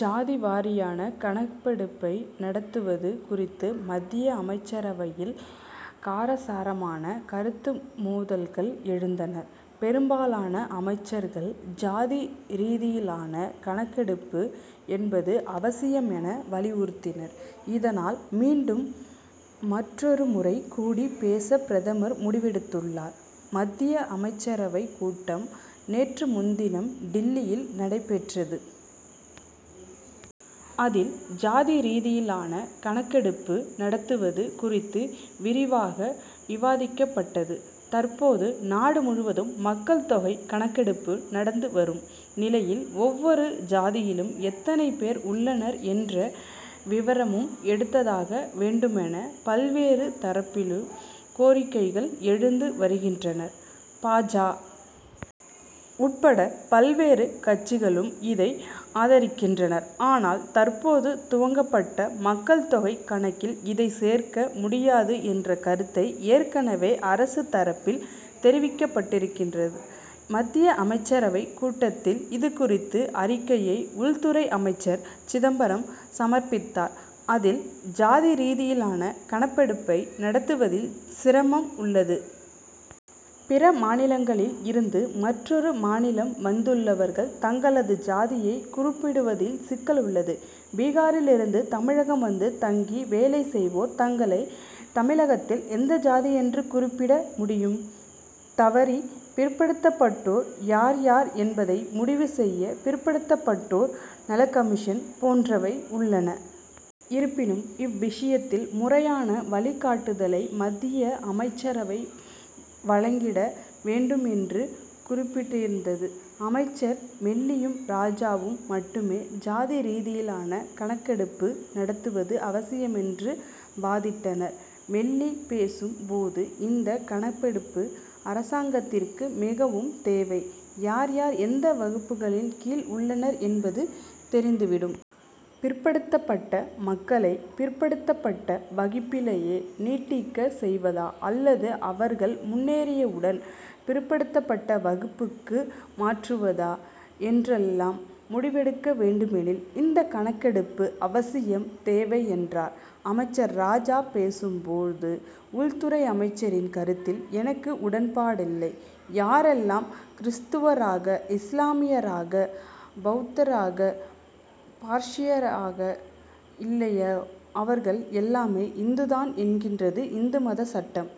ஜாதி வாரியான கணக்கெடுப்பை நடத்துவது குறித்து மத்திய அமைச்சரவையில் காரசாரமான கருத்து மோதல்கள் எழுந்தன. பெரும்பாலான அமைச்சர்கள் ஜாதி ரீதியிலான கணக்கெடுப்பு என்பது அவசியம் என வலியுறுத்தினர். இதனால் மீண்டும் மற்றுமொரு முறை கூடி பேச பிரதமர் முடிவெடுத்துள்ளார். மத்திய அமைச்சரவை கூட்டம் நேற்று முன்தினம் டில்லியில் நடைபெற்றது. அதில் ஜாதி ரீதியிலான கணக்கெடுப்பு நடத்துவது குறித்து விரிவாக விவாதிக்கப்பட்டது. தற்போது நாடு முழுவதும் மக்கள் தொகை கணக்கெடுப்பு நடந்து வரும் நிலையில் ஒவ்வொரு ஜாதியிலும் எத்தனை பேர் உள்ளனர் என்ற விவரமும் எடுத்தாக வேண்டுமென பல்வேறு தரப்பிலும் கோரிக்கைகள் எழுந்து வருகின்றன. பா. ஜ. உட்பட பல்வேறு கட்சிகளும் இதை ஆதரிக்கின்றன. ஆனால் தற்போது துவக்கப்பட்ட மக்கள் தொகை கணக்கில் இதை சேர்க்க முடியாது என்ற கருத்தை ஏற்கனவே அரசு தரப்பில் தெரிவிக்கப்பட்டிருக்கிறது. மத்திய அமைச்சரவை கூட்டத்தில் இதுகுறித்து அறிக்கையை உள்துறை அமைச்சர் சிதம்பரம் சமர்ப்பித்தார். அதில் ஜாதி ரீதியிலான கணக்கெடுப்பை நடத்துவதில் சிரமம் உள்ளது. பிற மாநிலங்களில் இருந்து மற்றொரு மாநிலம் வந்துள்ளவர்கள் தங்களது ஜாதியை குறிப்பிடுவதில் சிக்கல் உள்ளது. பீகாரில் இருந்து தமிழகம் வந்து தங்கி வேலை செய்வோர் தங்களை தமிழகத்தில் எந்த ஜாதி என்று குறிப்பிட முடியும். தவிர பிற்படுத்தப்பட்டோர் யார் யார் என்பதை முடிவு செய்ய பிற்படுத்தப்பட்டோர் நலக்கமிஷன் போன்றவை உள்ளன. இருப்பினும் இவ்விஷயத்தில் முறையான வழிகாட்டுதலை மத்திய அமைச்சரவை வழங்கிட வேண்டும் என்று கூறப்பட்டிருந்தது. அமைச்சர் மொய்லியும் ராஜாவும் மட்டுமே ஜாதி ரீதியிலான கணக்கெடுப்பு நடத்துவது அவசியம் என்று வாதிட்டனர். மொய்லி பேசும் போது இந்த கணக்கெடுப்பு அரசாங்கத்திற்கு மிகவும் தேவை. யார் யார் எந்த வகுப்புகளின் கீழ் உள்ளனர் என்பது தெரிந்துவிடும். பிற்படுத்தப்பட்ட மக்களை பிற்படுத்தப்பட்ட வகுப்பிலேயே நீடிக்கச் செய்வதா அல்லது அவர்கள் முன்னேறியவுடன் முற்படுத்தப்பட்ட வகுப்புக்கு மாற்றுவதா என்றெல்லாம் முடிவெடுக்க வேண்டுமெனில் இந்த கணக்கெடுப்பு அவசியம் தேவை என்றார். அமைச்சர் ராஜா பேசும் போது உள்துறை அமைச்சரின் கருத்தில் எனக்கு உடன்பாடில்லை. யாரெல்லாம் கிறிஸ்துவராக இஸ்லாமியராக பவுத்தராக பார்சியாக இல்லையோ அவர்கள் எல்லாமே இந்து தான் என்கிறது இந்து மத சட்டம்.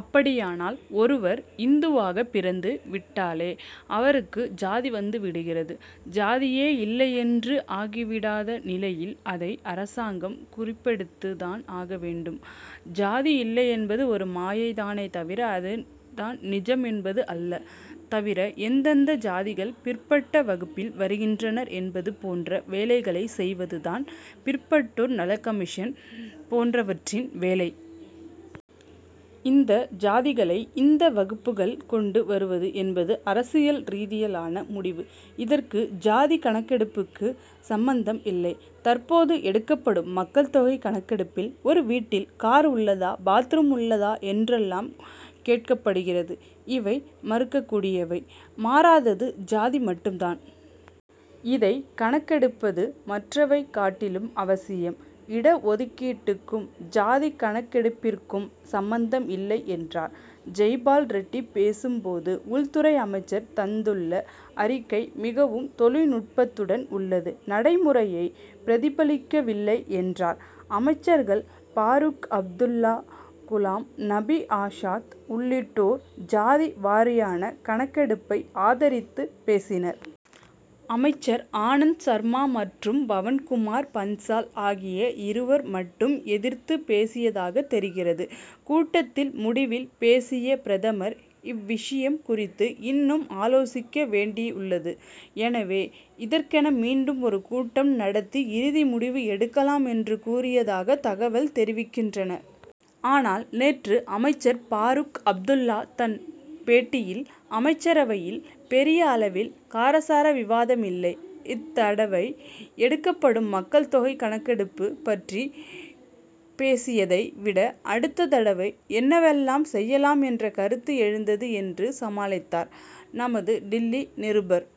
அப்படியானால் ஒருவர் இந்துவாக பிறந்து விட்டாலே அவருக்கு ஜாதி வந்து விடுகிறது. ஜாதியே இல்லையென்று ஆகிவிடாத நிலையில் அதை அரசாங்கம் குறிப்பெடுத்து தான் ஆக வேண்டும். ஜாதி இல்லை என்பது ஒரு மாயை தானே தவிர அது தான் நிஜம் என்பது அல்ல. தவிர எந்தெந்த ஜாதிகள் பிற்பட்ட வகுப்பில் வருகின்றன என்பது போன்ற வேலைகளை செய்வது தான் பிற்பட்டோர் நலக்கமிஷன் போன்றவற்றின் வேலை. இந்த ஜாதிகளை இந்த வகுப்புக்குள் கொண்டு வருவது என்பது அரசியல் ரீதியிலான முடிவு. இதற்கும் ஜாதி கணக்கெடுப்புக்கும் சம்பந்தம் இல்லை. தற்போது எடுக்கப்படும் மக்கள் தொகை கணக்கெடுப்பில் ஒரு வீட்டில் கார் உள்ளதா பாத்ரூம் உள்ளதா என்றெல்லாம் கேட்கப்படுகிறது. இவை மாறக்கூடியவை. மாறாதது ஜாதி மட்டும் தான். இதை கணக்கெடுப்பது மற்றவற்றைக் காட்டிலும் அவசியம். இட ஒதுக்கீட்டுக்கும் ஜாதி கணக்கெடுப்பிற்கும் சம்பந்தம் இல்லை என்றார். ஜெய்பால் ரெட்டி பேசும் போது உள்துறை அமைச்சர் தந்துள்ள அறிக்கை மிகவும் தொழில்நுட்பத்துடன் உள்ளது. நடைமுறையை பிரதிபலிக்கவில்லை என்றார். அமைச்சர்கள் பரூக் அப்துல்லா குலாம் நபி ஆசாத் உள்ளிட்டோரும் ஜாதி வாரியான கணக்கெடுப்பை ஆதரித்துப் பேசினர். அமைச்சர் ஆனந்த் சர்மா மற்றும் பவன்குமார் பன்சால் ஆகிய இருவர் மட்டுமே எதிர்த்துப் பேசியதாக தெரிகிறது. கூட்டத்தின் முடிவில் பேசிய பிரதமர் இவ்விஷயம் குறித்து இன்னும் ஆலோசிக்க வேண்டியுள்ளது. எனவே இதற்கென மீண்டும் ஒரு கூட்டம் நடத்தி இறுதி முடிவு எடுக்கலாம் என்று கூறியதாக தகவல்கள் தெரிவிக்கின்றன. ஆனால் நேற்று அமைச்சர் பரூக் அப்துல்லா தன் பேட்டியில் அமைச்சரவையில் பெரிய அளவில் காரசார விவாதம் இல்லை. இத்தடவை எடுக்கப்படும் மக்கள் தொகை கணக்கெடுப்பு பற்றி பேசியதை விட அடுத்த தடவை என்னவெல்லாம் செய்யலாம் என்ற கருத்து எழுந்தது என்று சமாளித்தார். நமது டில்லி நிருபர்